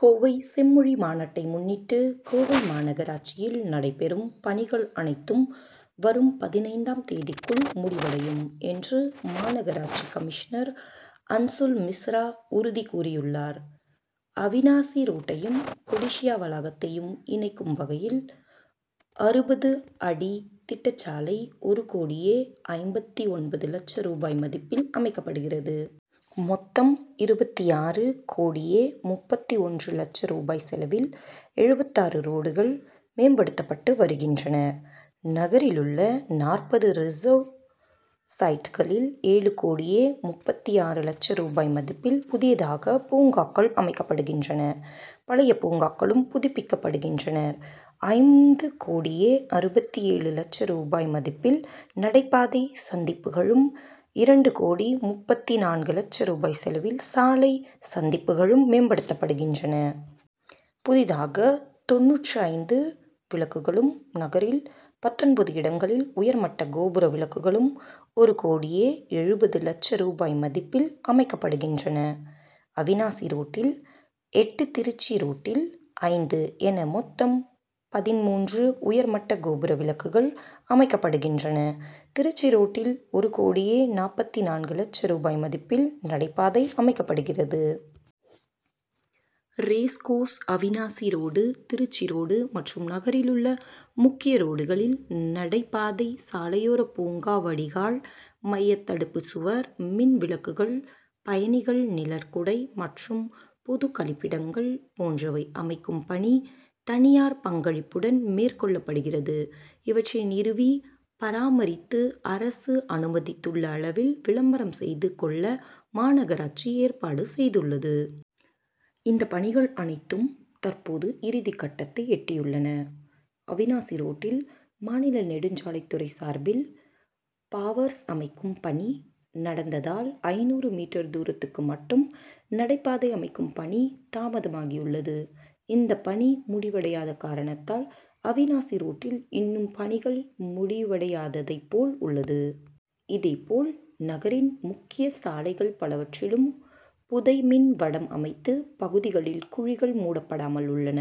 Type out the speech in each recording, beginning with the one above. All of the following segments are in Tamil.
கோவை செம்மொழி மாநாட்டை முன்னிட்டு கோவை மாநகராட்சியில் நடைபெறும் பணிகள் அனைத்தும் வரும் பதினைந்தாம் தேதிக்குள் முடிவடையும் என்று மாநகராட்சி கமிஷனர் அன்சுல் மிஸ்ரா உறுதி கூறியுள்ளார். அவிநாசி ரோட்டையும் கொடிசியா வளாகத்தையும் இணைக்கும் வகையில் அறுபது அடி திட்டச்சாலை ஒரு கோடியே ஐம்பத்து ஒன்பது லட்ச ரூபாய் மதிப்பில் அமைக்கப்படுகிறது. மொத்தம் இருபத்தாறு கோடியே முப்பத்து ஒன்று லட்ச ரூபாய் செலவில் எழுபத்தாறு ரோடுகள் மேம்படுத்தப்பட்டு வருகின்றன. நகரிலுள்ள நாற்பது ரிசர்வ் சைட்களில் ஏழு கோடியே முப்பத்து ஆறு லட்ச ரூபாய் மதிப்பில் புதிதாக பூங்காக்கள் அமைக்கப்படுகின்றன பழைய பூங்காக்களும் புதுப்பிக்கப்படுகின்றன. ஐந்து கோடியே அறுபத்து ஏழு லட்ச ரூபாய் மதிப்பில் நடைபாதை சந்திப்புகளும் இரண்டு கோடியே முப்பத்து நான்கு லட்ச ரூபாய் செலவில் சாலை சந்திப்புகளும் மேம்படுத்தப்படுகின்றன. புதிதாக தொண்ணூற்று ஐந்து விளக்குகளும் நகரில் பத்தொன்பது இடங்களில் உயர் மட்ட கோபுர விளக்குகளும் ஒரு கோடியே எழுபது லட்ச ரூபாய் மதிப்பில் அமைக்கப்படுகின்றன. அவிநாசி ரோட்டில் எட்டு திருச்சி ரோட்டில் ஐந்து என மொத்தம் பதின்மூன்று உயர் மட்ட கோபுர விளக்குகள் அமைக்கப்படுகின்றன. திருச்சி ரோட்டில் ஒரு கோடியே நாற்பத்து நான்கு லட்ச ரூபாய் மதிப்பில் நடைபாதை அமைக்கப்படுகிறது. Racecourse Avinashi road Trichy road மற்றும் நகரிலுள்ள முக்கிய ரோடுகளில் நடைபாதை சாலையோரப் பூங்கா வடிகால் மையத் தடுப்புச்சுவர் மின் விளக்குகள் பயணிகள் நிழற்குடை மற்றும் பொது கழிப்பிடங்கள் போன்றவை அமைக்கும் பணி தனியார் பங்களிப்புடன் மேற்கொள்ளப்படுகிறது. இவற்றை நிறுவி பராமரித்து அரசு அனுமதித்துள்ள அளவில் விளம்பரம் செய்து கொள்ள மாநகராட்சி ஏற்பாடு செய்துள்ளது. இந்த பணிகள் அனைத்தும் தற்போது இறுதிக்கட்டத்தை எட்டியுள்ளன. அவிநாசி ரோட்டில் மாநில நெடுஞ்சாலைத்துறை சார்பில் பாவர்ஸ் அமைக்கும் பணி நடந்ததால் ஐந்நூறு மீட்டர் தூரத்துக்கு மட்டும் நடைபாதை அமைக்கும் பணி தாமதமாகியுள்ளது. இந்தப் பணி முடிவடையாத காரணத்தால் அவிநாசி ரோட்டில் இன்னும் பணிகள் முடிவடையாததைப் போல் உள்ளது. இதேபோல நகரின் முக்கியச் சாலைகள் பலவற்றிலும் புதை மின் வடம் அமைத்த பகுதிகளில் குழிகள் மூடப்படாமல் உள்ளன.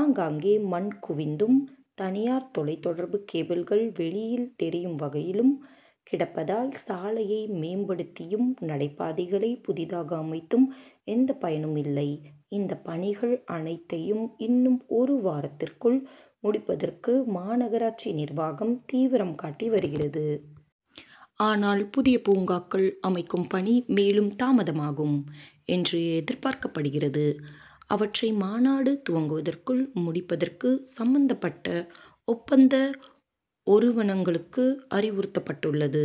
ஆங்காங்கே மண் குவிந்தும் தனியார் தொலைத் தொடர்பு கேபிள்கள் வெளியில் தெரியும் வகையிலும் கிடப்பதால் சாலைகளை மேம்படுத்தியும் நடைபாதைகளை புதிதாக அமைத்தும் எந்த பயனும் இல்லை. இந்த பணிகள் அனைத்தையும் இன்னும் ஒரு வாரத்துக்குள் முடிப்பதற்கு மாநகராட்சி நிர்வாகம் தீவிரம் காட்டி வருகிறது. ஆனால் புதிய பூங்காக்கள் அமைக்கும் பணி மேலும் தாமதமாகும் என்று எதிர்பார்க்கப்படுகிறது. அவற்றையும் மாநாடு துவங்குவதற்குள் முடிப்பதற்கு சம்மந்தப்பட்ட ஒப்பந்த ஒறுவனங்களுக்கு அறிவுறுத்தப்பட்டுள்ளது.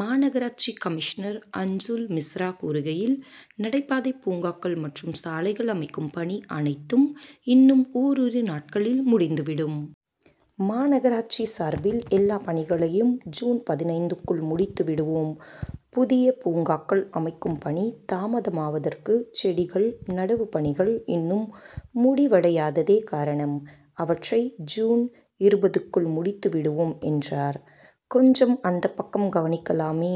மாநகராட்சி கமிஷனர் அன்சுல் மிஸ்ரா கூறுகையில் நடைபாதை பூங்காக்கள் மற்றும் சாலைகள் அமைக்கும் பணி அனைத்தும் இன்னும் ஓரிரு நாட்களில் முடிந்து விடும். மாநகராட்சி சார்பில் எல்லாப் பணிகளையும் ஜூன் பதினைந்துக்குள் முடித்து விடுவோம். புதிய பூங்காக்கள் அமைக்கும் பணி தாமதமாவதற்கு செடிகள் நடவுப்பணிகள் இன்னும் முடிவடையாததே காரணம். அவற்றையும் ஜூன் இருபதுக்குள் முடித்து விடுவோம் என்றார். கொஞ்சம் அந்தப்பக்கம் கவனிக்கலாமே!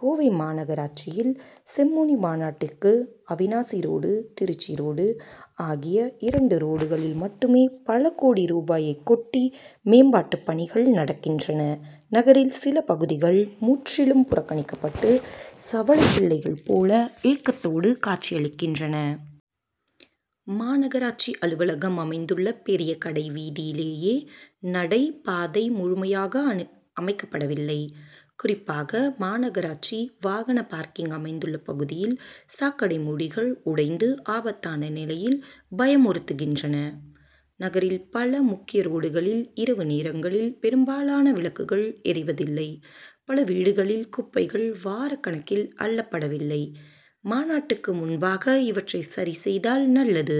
கோவை மாநகராட்சியில் செம்மொழி மாநாட்டுக்கு அவிநாசி ரோடு திருச்சி ரோடு ஆகிய இரண்டு ரோடுகளில் மட்டுமே பல கோடி ரூபாயைக்கொட்டி மேம்பாட்டுப் பணிகள் நடக்கின்றன நகரில் சில பகுதிகள் முற்றிலும் புறக்கணிக்கப்பட்டு சவலைப் பிள்ளைகள் போல ஏக்கத்தோடு காட்சியளிக்கின்றன. மாநகராட்சி அலுவலகம் அமைந்துள்ள பெரிய கடை வீதியிலேயே நடைபாதை முழுமையாக அமைக்கப்படவில்லை. குறிப்பாக மாநகராட்சி வாகன பார்க்கிங் அமைந்துள்ள பகுதியில் சாக்கடை மூடிகள் உடைந்து ஆபத்தான நிலையில் பயமுறுத்துகின்றன. நகரில் பல முக்கிய ரோடுகளில் இரவு நேரங்களில் பெரும்பாலான விளக்குகள் எரிவதில்லை. பல வீதிகளில் குப்பைகள் வாரக்கணக்கில் அள்ளப்படவில்லை. மாநாட்டுக்கு முன்பாக இவற்றையும் சரி செய்தால் நல்லது.